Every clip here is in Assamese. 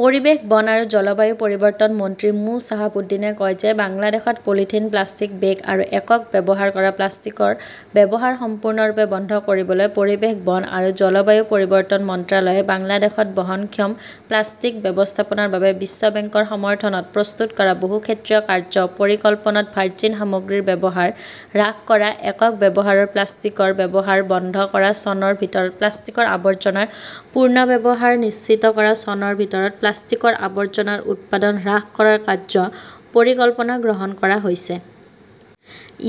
পৰিৱেশ বন আৰু জলবায়ু পৰিৱৰ্তন মন্ত্ৰী মো শ্বাহাব উদ্দীনে কয় যে বাংলাদেশত পলিথিন প্লাষ্টিক বেগ আৰু একক ব্যৱহাৰ কৰা প্লাষ্টিকৰ ব্যৱহাৰ সম্পূৰ্ণৰূপে বন্ধ কৰিবলৈ পৰিৱেশ বন আৰু জলবায়ু পৰিৱৰ্তন মন্ত্ৰালয়ে বাংলাদেশত বহনক্ষম প্লাষ্টিক ব্যৱস্থাপনাৰ বাবে বিশ্ব বেংকৰ সমৰ্থনত প্ৰস্তুত কৰা বহুক্ষেত্ৰীয় কাৰ্য্য পৰিকল্পনাত ভাৰ্জিন সামগ্ৰীৰ ব্যৱহাৰ হ্ৰাস কৰা একক ব্যৱহাৰৰ প্লাষ্টিকৰ ব্যৱহাৰ বন্ধ কৰা চনৰ ভিতৰত প্লাষ্টিকৰ আৱৰ্জনাৰ পুনৰ্ব্যৱহাৰ নিশ্চিত কৰা চনৰ ভিতৰত প্লাষ্টিকৰ আৱৰ্জনাৰ উৎপাদন হ্ৰাস কৰাৰ কাৰ্য্য পৰিকল্পনা গ্ৰহণ কৰা হৈছে।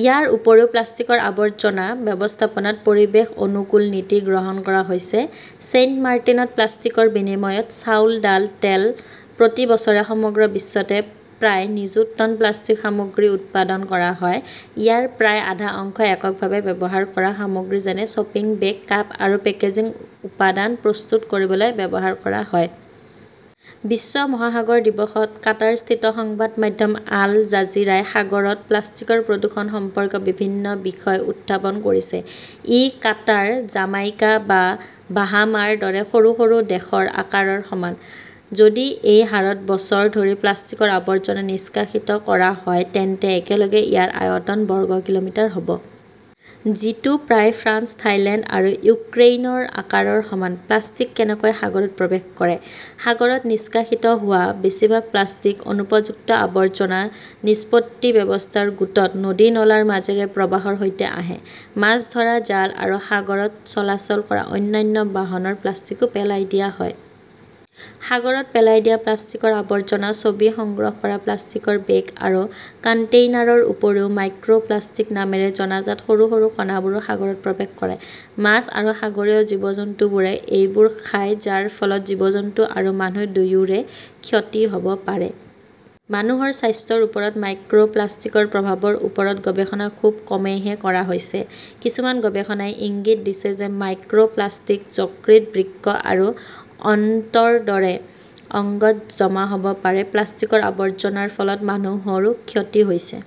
ইয়াৰ উপৰিও প্লাষ্টিকৰ আৱৰ্জনা ব্যৱস্থাপনাত পৰিৱেশ অনুকূল নীতি গ্ৰহণ কৰা হৈছে। ছেইণ্টমাৰ্টিনত প্লাষ্টিকৰ বিনিময়ত চাউল ডাল তেল প্ৰতি বছৰে সমগ্ৰ বিশ্বতে প্ৰায় নিযুত টন প্লাষ্টিক সামগ্ৰী উৎপাদন কৰা হয়। ইয়াৰ প্ৰায় আধা অংশ এককভাৱে ব্যৱহাৰ কৰা সামগ্ৰী যেনে শ্বপিং বেগ কাপ আৰু পেকেজিং উপাদান প্ৰস্তুত কৰিবলৈ ব্যৱহাৰ কৰা হয়। বিশ্ব মহাসাগৰ দিৱসত কাটাৰস্থিত সংবাদ মাধ্যম আল জাজীৰাই সাগৰত প্লাষ্টিকৰ প্ৰদূষণ সম্পৰ্কীয় বিভিন্ন বিষয় উত্থাপন কৰিছে। ই কাটাৰ জামাইকা বা বাহামাৰ দৰে সৰু সৰু দেশৰ আকাৰৰ সমান। যদি এই হাৰত বছৰ ধৰি প্লাষ্টিকৰ আৱৰ্জনা নিষ্কাশিত কৰা হয় তেন্তে একেলগে ইয়াৰ আয়তন বৰ্গ কিলোমিটাৰ হ'ব। যিটো প্ৰায় ফ্ৰান্স থাইলেণ্ড বা ইউক্ৰেইনৰ আকাৰৰ সমান। প্লাষ্টিক কেনেকৈ সাগৰত প্ৰৱেশ কৰে? সাগৰত নিষ্কাশিত হোৱা বেছিভাগ প্লাষ্টিক অনুপযুক্ত আৱৰ্জনা নিষ্পত্তি ব্যৱস্থাৰ গোটত নদী নলাৰ মাজেৰে প্ৰবাহৰ সৈতে আহে। মাছ ধৰা জাল আৰু সাগৰত চলাচল কৰা অন্যান্য বাহনৰ প্লাষ্টিকো পেলাই দিয়া হয়। সাগৰত পেলাই দিয়া প্লাষ্টিকৰ আৱৰ্জনা। ছবি সংগ্ৰহ কৰা প্লাষ্টিকৰ বেগ আৰু কণ্টেইনাৰৰ উপৰিও মাইক্ৰ প্লাষ্টিক নামেৰে জনাজাত সৰু সৰু কণাবোৰো সাগৰত প্ৰৱেশ কৰে। মাছ আৰু সাগৰীয় জীৱজন্তুবোৰে এইবোৰ খায় যাৰ ফলত জীৱজন্তু আৰু মানুহ দুয়োৰে ক্ষতি হ'ব পাৰে। মানুহৰ স্বাস্থ্যৰ ওপৰত মাইক্ৰ প্লাষ্টিকৰ প্ৰভাৱৰ ওপৰত গৱেষণা খুব কমেইহে কৰা হৈছে। কিছুমান গৱেষণাই ইংগিত দিছে যে মাইক্ৰ প্লাষ্টিক যকৃত বৃক্ক আৰু অন্ত্ৰৰ দৰে অংগত জমা হ'ব পাৰে। প্লাষ্টিকৰ আৱৰ্জনাৰ ফলত মানুহৰো ক্ষতি হৈছে।